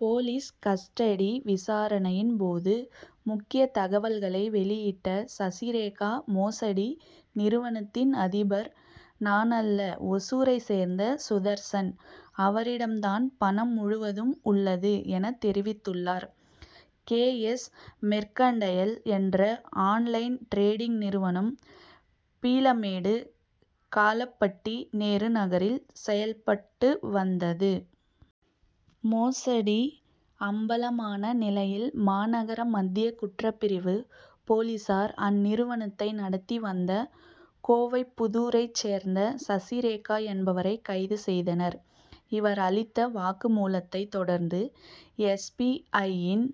Police custody விசாரணையின் போது முக்கிய தகவல்களை வெளியிட்ட சசிரேகா மோசடி நிறுவனத்தின் அதிபர் நானல்ல ஓசூரைச் சேர்ந்த சுதர்சன். அவரிடம் தான் பணம் முழுவதும் உள்ளது என தெரிவித்துள்ளார். கே. எஸ். மெர்கன்டைல் என்ற ஆன்-லைன் டிரேடிங் நிறுவனம் பீளமேடு காளப்பட்டி நேரு நகரில் செயல்பட்டு வந்தது. மோசடி அம்பலமான நிலையில் மாநகர மத்திய குற்றப்பிரிவு போலீசார் அந்நிறுவனத்தை நடத்தி வந்த கோவைப்புதூரைச் சேர்ந்த சசிரேகா என்பவரை கைது செய்தனர். இவர் அளித்த வாக்குமூலத்தை தொடர்ந்து எஸ். பி. ஐ.யின்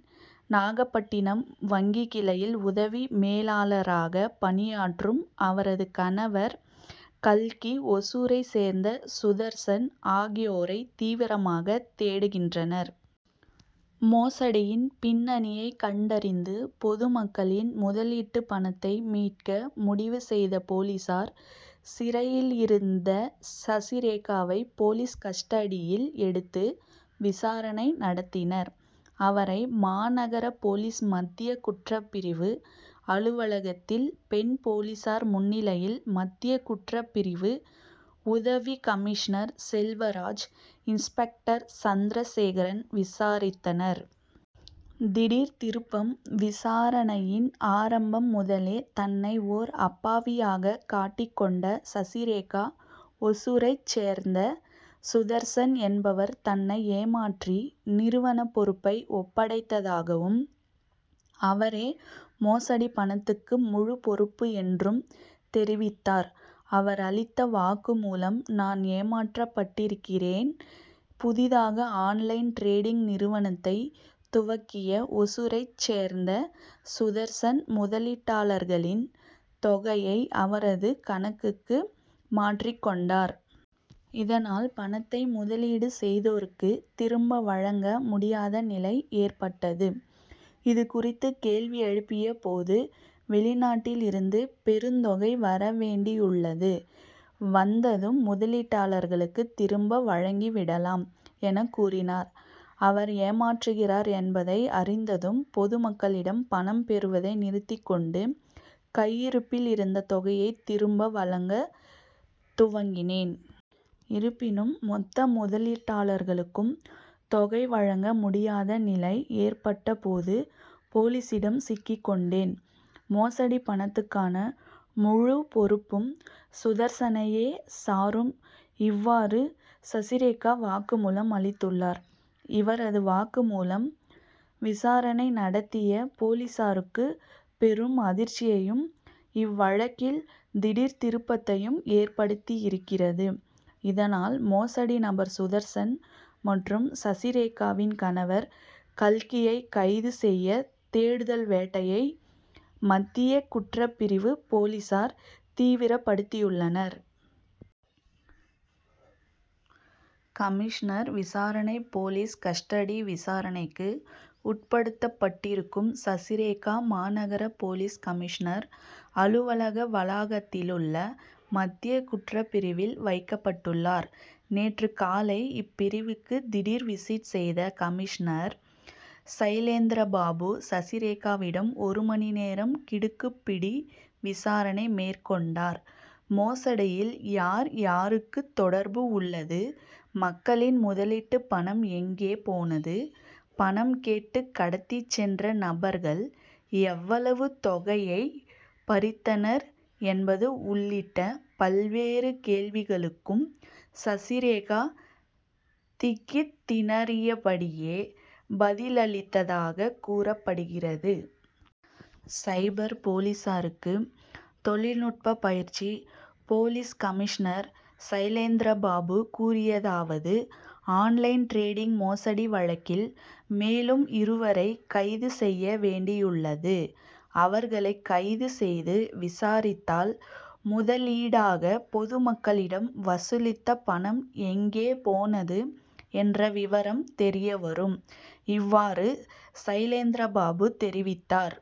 நாகபட்டினம் வங்கி கிளையில் உதவி மேலாளராக பணியாற்றும் அவரது கணவர் கல்கி ஓசூரைச் சேர்ந்த சுதர்சன் ஆகியோரை தீவிரமாக தேடுகின்றனர். மோசடியின் பின்னணியை கண்டறிந்து பொதுமக்களின் முதலீட்டு பணத்தை மீட்க முடிவு செய்த போலீசார் சிறையிலிருந்த சசிரேகாவை போலீஸ் கஸ்டடியில் எடுத்து விசாரணை நடத்தினர். அவரை மாநகர போலீஸ் மத்திய குற்றப்பிரிவு அலுவலகத்தில் பெண் போலீசார் முன்னிலையில் மத்திய குற்றப்பிரிவு உதவிக்கமிஷனர் செல்வராஜ் இன்ஸ்பெக்டர் சந்திரசேகரன் விசாரித்தனர். திடீர் திருப்பம் விசாரணையின் ஆரம்பம் முதலே தன்னை ஓர் அப்பாவியாக காட்டிக் கொண்ட சசிரேகா ஓசூரைச் சேர்ந்த சுதர்சன் என்பவர் தன்னை ஏமாற்றி நிறுவன பொறுப்பை ஒப்படைத்ததாகவும் அவரே மோசடி பணத்துக்கு முழுப் பொறுப்பு என்றும் தெரிவித்தார். அவர் அளித்த வாக்குமூலம் நான் ஏமாற்றப்பட்டிருக்கிறேன். புதிதாக ஆன்-லைன் டிரேடிங் நிறுவனத்தை துவக்கிய ஒசூரைச் சேர்ந்த சுதர்சன் முதலீட்டாளர்களின் தொகையை அவரது கணக்குக்கு மாற்றிக் கொண்டார். இதனால் பணத்தை முதலீடு செய்தோருக்கு திரும்ப வழங்க முடியாத நிலை ஏற்பட்டது. இது குறித்து கேள்வி எழுப்பியபோது வெளிநாட்டில் இருந்து பெருந்தொகை வரவேண்டியுள்ளது வந்ததும் முதலீட்டாளர்களுக்கு திரும்ப வழங்கி விடலாம் எனக் கூறினார். அவர் ஏமாற்றுகிறார் என்பதை அறிந்ததும் பொதுமக்களிடம் பணம் பெறுவதை நிறுத்திக்கொண்டு கையிருப்பில் இருந்த தொகையை திரும்ப வழங்க துவங்கினேன். இருப்பினும் மொத்த முதலீட்டாளர்களுக்கும் தொகை வழங்க முடியாத நிலை ஏற்பட்ட போது போலீசிடம் சிக்கிக்கொண்டேன். மோசடி பணத்துக்கான முழு பொறுப்பும் சுதர்சனையே சாரும். இவ்வாறு சசிரேகா வாக்குமூலம் அளித்துள்ளார். இவரது வாக்குமூலம் விசாரணை நடத்திய போலீசாருக்கு பெரும் அதிர்ச்சியையும் இவ்வழக்கில் திடீர் திருப்பத்தையும் ஏற்படுத்தியிருக்கிறது. இதனால் மோசடி நபர் சுதர்சன் மற்றும் சசிரேகாவின் கணவர் கல்கியை கைது செய்ய தேடுதல் வேட்டையை மத்திய குற்றப்பிரிவு போலீசார் தீவிரப்படுத்தியுள்ளனர். கமிஷனர் விசாரணை போலீஸ் கஸ்டடி விசாரணைக்கு உட்படுத்தப் பட்டிருக்கும் சசிரேகா மாநகர போலீஸ் கமிஷனர் அலுவலக வளாகத்திலுள்ள மத்திய குற்றப்பிரிவில் வைக்கப்பட்டுள்ளார். நேற்று காலை இப்பிரிவுக்கு திடீர் விசிட் செய்த கமிஷனர் சைலேந்திரபாபு சசிரேகாவிடம் ஒரு மணி நேரம் கிடுக்கிப்பிடி விசாரணை மேற்கொண்டார். மோசடியில் யார் யாருக்கு தொடர்பு உள்ளது மக்களின் முதலீட்டு பணம் எங்கே போனது பணம் கேட்டு கடத்திச்சென்ற நபர்கள் எவ்வளவு தொகையை பறித்தனர் என்பது உள்ளிட்ட பல்வேறு கேள்விகளுக்கும் சசிரேகா திக்கித் திணறியபடியே பதிலளித்தாக கூறப்படுகிறது. சைபர் போலீசாருக்கு தொழில்நுட்ப பயிற்சி போலீஸ் கமிஷனர் சைலேந்திரபாபு கூறியதாவது ஆன்-லைன் டிரேடிங் மோசடி வழக்கில் மேலும் இருவரை கைது செய்ய வேண்டியுள்ளது. அவர்களை கைது செய்து விசாரித்தால் முதலீடாக பொதுமக்களிடம் வசூலித்த பணம் எங்கே போனது என்ற விவரம் தெரியவரும். இவ்வாறு சைலேந்திரபாபு தெரிவித்தார்.